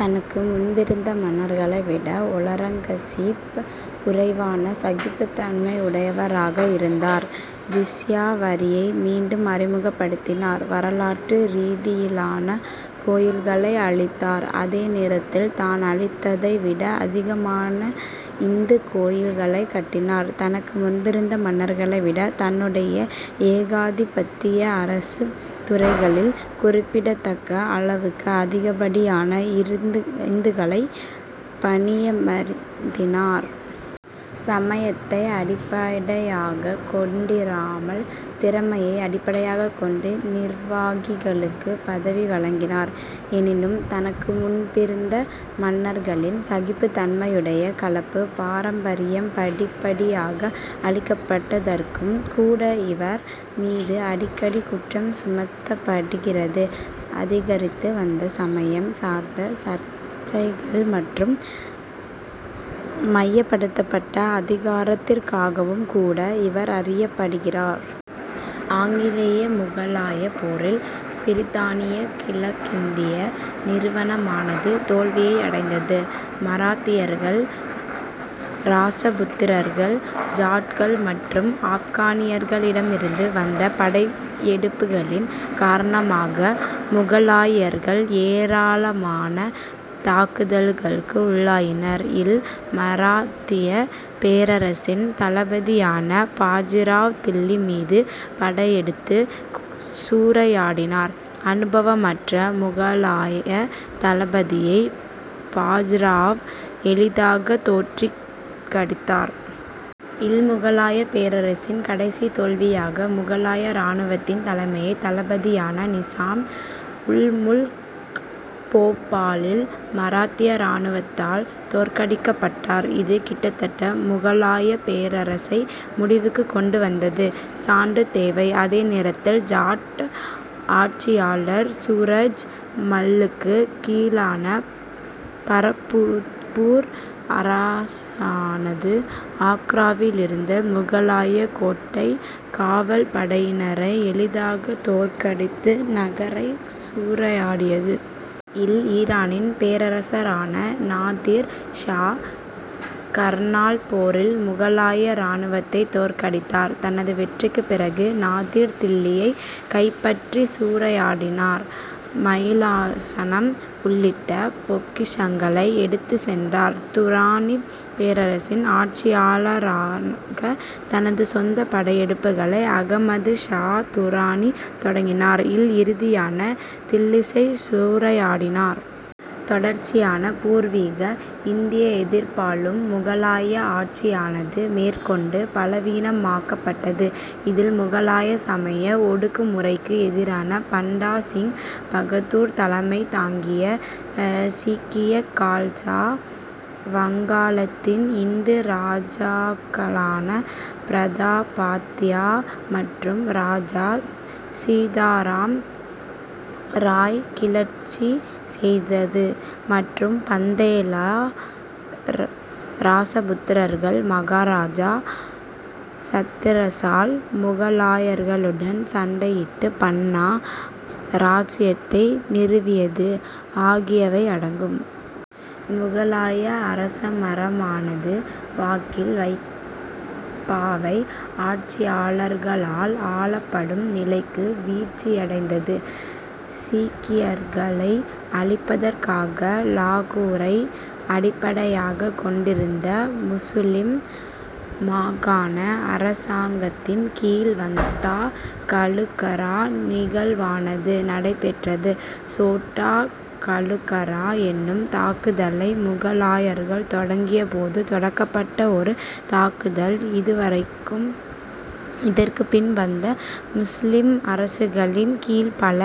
தனக்கு முன்பிருந்த மன்னர்களை விட ஔரங்கசீப் குறைவான சகிப்புத் தன்மை உடையவராக இருந்தார். ஜிஸ்யா வரியை மீண்டும் அறிமுகப்படுத்தினார். வரலாற்று ரீதியிலான கோயில்களை அழித்தார். அதே நேரத்தில், தான் அழித்ததை விட அதிகமான இந்துக் கோயில்களைக் கட்டினார். தனக்கு முன்பிருந்த மன்னர்களை விட தன்னுடைய ஏகாதிபத்திய அரசுத் துறைகளில் குறிப்பிடத்தக்க அளவுக்கு அதிகப்படியான இந்துக்களைப் பணியமர்த்தினார். சமயத்தை அடிப்படையாகக் கொண்டிராமல் திறமையை அடிப்படையாகக் கொண்டு நிர்வாகிகளுக்குப் பதவி வழங்கினார். எனினும், தனக்கு முன்பிருந்த மன்னர்களின் சகிப்புத் தன்மையுடைய கலப்புப் பாரம்பரியம் படிப்படியாக அழிக்கப்பட்டதற்கும் கூட இவர் மீது அடிக்கடி குற்றம் சுமத்தப்படுகிறது. அதிகரித்து வந்த சமயம் சார்ந்த சர்ச்சைகள் மற்றும் மையப்படுத்தப்பட்ட அதிகாரத்திற்காகவும் கூட இவர் அறியப்படுகிறார். ஆங்கிலேய முகலாயப் போரில் பிரித்தானியக் கிழக்கிந்திய நிறுவனமானது தோல்வியை அடைந்தது. மராத்தியர்கள் இராசபுத்திரர்கள் ஜாட்கள் மற்றும் ஆப்கானியர்களிடமிருந்து வந்த படையெடுப்புகளின் காரணமாக முகலாயர்கள் ஏராளமான தாக்குதல்களுக்கு உள்ளாயினர். இல் மராத்தியப் பேரரசின் தளபதியான பாஜிராவ் தில்லி மீது படையெடுத்துச் சூறையாடினார். அனுபவமற்ற முகலாயத் தளபதியை பாஜிராவ் எளிதாகத் தோற்கடித்தார். இல் முகலாயப் பேரரசின் கடைசித் தோல்வியாக முகலாய இராணுவத்தின் தலைமைத் தளபதியான நிசாம் உல் முல்க் போபாலில் மராத்திய இராணுவத்தால் தோற்கடிக்கப்பட்டார். இது கிட்டத்தட்ட முகலாயப் பேரரசை முடிவுக்குக் கொண்டு வந்தது. சான்று தேவை அதே நேரத்தில் ஜாட் ஆட்சியாளர் சூரஜ் மல்லுக்குக் கீழான பரத்பூர் அரசானது ஆக்ராவில் இருந்த முகலாயக் கோட்டைக் காவல் படையினரை எளிதாகத் தோற்கடித்து நகரைச் சூறையாடியது. இல் ஈரானின் பேரரசரான நாதிர் ஷா கர்னால் போரில் முகலாய இராணுவத்தைத் தோற்கடித்தார். தனது வெற்றிக்குப் பிறகு நாதிர் தில்லியைக் கைப்பற்றிச் சூறையாடினார். மயிலாசனம் உள்ளிட்ட பொக்கிஷங்களை எடுத்துச் சென்றார். துராணிப் பேரரசின் ஆட்சியாளராக தனது சொந்தப் படையெடுப்புகளை அகமது ஷா துராணி தொடங்கினார். இல் இறுதியாக தில்லியைச் சூறையாடினார். தொடர்ச்சியான பூர்வீக இந்திய எதிர்ப்பாலும் முகலாய ஆட்சியானது மேற்கொண்டு பலவீனமாக்கப்பட்டது. இதில் முகலாய சமய ஒடுக்குமுறைக்கு எதிரான பண்டா சிங் பகதூர் தலைமை தாங்கிய சீக்கிய கால்சா வங்காளத்தின் இந்து இராஜாக்களான பிரதாபாதித்யா மற்றும் இராஜா சீதாராம் ராய் கிளர்ச்சி செய்தது, மற்றும் பந்தேலா இராசபுத்திரர்களின் மகாராஜா சத்திரசால் முகலாயர்களுடன் சண்டையிட்டு பன்னா இராச்சியத்தை நிறுவியது ஆகியவை அடங்கும். முகலாய அரசமரபானது வாக்கில் கைப்பாவை ஆட்சியாளர்களால் ஆளப்படும் நிலைக்கு வீழ்ச்சியடைந்தது. சீக்கியர்களை அழிப்பதற்காக இலாகூரை அடிப்படையாகக் கொண்டிருந்த முசுலிம் மாகாண அரசாங்கத்தின் கீழ் வத்தா கலுகரா நிகழ்வானது நடைபெற்றது. சோட்டா கலுகரா எனும் தாக்குதலை முகலாயர்கள் தொடங்கிய போது தொடங்கப்பட்ட ஒரு தாக்குதல் இதுவாகும். இதற்குப் பின் வந்த முசுலிம் அரசுகளின் கீழ் பல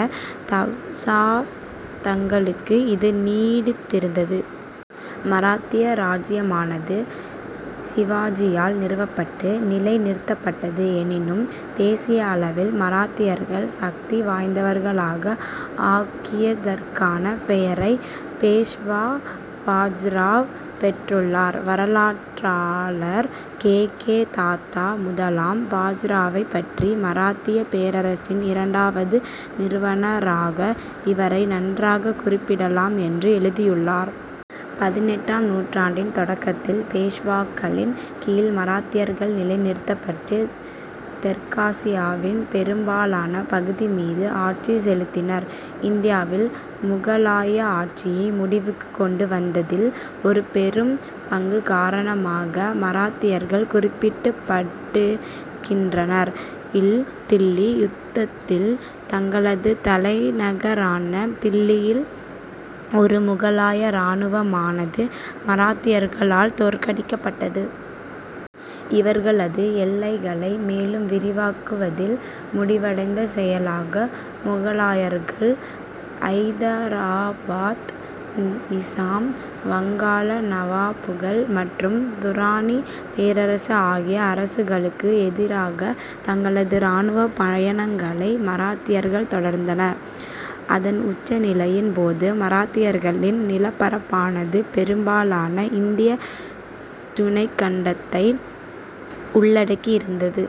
தசாப்தங்களுக்கு இது நீடித்திருந்தது. மராத்திய இராச்சியமானது சிவாஜியால் நிறுவப்பட்டு, நிலை நிறுத்தப்பட்டது. எனினும், தேசிய அளவில் மராத்தியர்களை சக்தி வாய்ந்தவர்களாக ஆக்கியதற்கான பெயரை பேஷ்வா பாஜிராவ் பெற்றுள்ளார். வரலாற்றாளர் கே. கே. தத்தா முதலாம் பாஜிராவைப் பற்றி மராத்தியப் பேரரசின் இரண்டாவது நிறுவனராக இவரை நன்றாகக் குறிப்பிடலாம் என்று எழுதியுள்ளார். பதினெட்டாம் நூற்றாண்டின் தொடக்கத்தில் பேஷ்வாக்களின் கீழ் மராத்தியர்கள் நிலை நிறுத்தப்பட்டு, தெற்காசியாவின் பெரும்பாலான பகுதி மீது ஆட்சி செலுத்தினர். இந்தியாவில் முகலாய ஆட்சியை முடிவுக்குக் கொண்டு வந்ததில் ஒரு பெரும் பங்கு காரணமாக மராத்தியர்கள் குறிப்பிடப்படுகின்றனர். இல் தில்லி யுத்தத்தில் தங்களது தலைநகரான தில்லியில் ஒரு முகலாய இராணுவமானது மராத்தியர்களால் தோற்கடிக்கப்பட்டது. இவர்களது எல்லைகளை மேலும் விரிவாக்குவதில் முடிவடைந்த செயலாக முகலாயர்கள், ஐதராபாத் நிசாம், வங்காள நவாபுகள் மற்றும் துராணிப் பேரரசு ஆகிய அரசுகளுக்கு எதிராகத் தங்களது இராணுவப் பயணங்களை மராத்தியர்கள் தொடர்ந்தனர். அதன் உச்ச நிலையின் போது மராத்தியர்களின் நிலப்பரப்பானது பெரும்பாலான இந்தியத் துணைக்கண்டத்தை உள்ளடக்கியிருந்தது.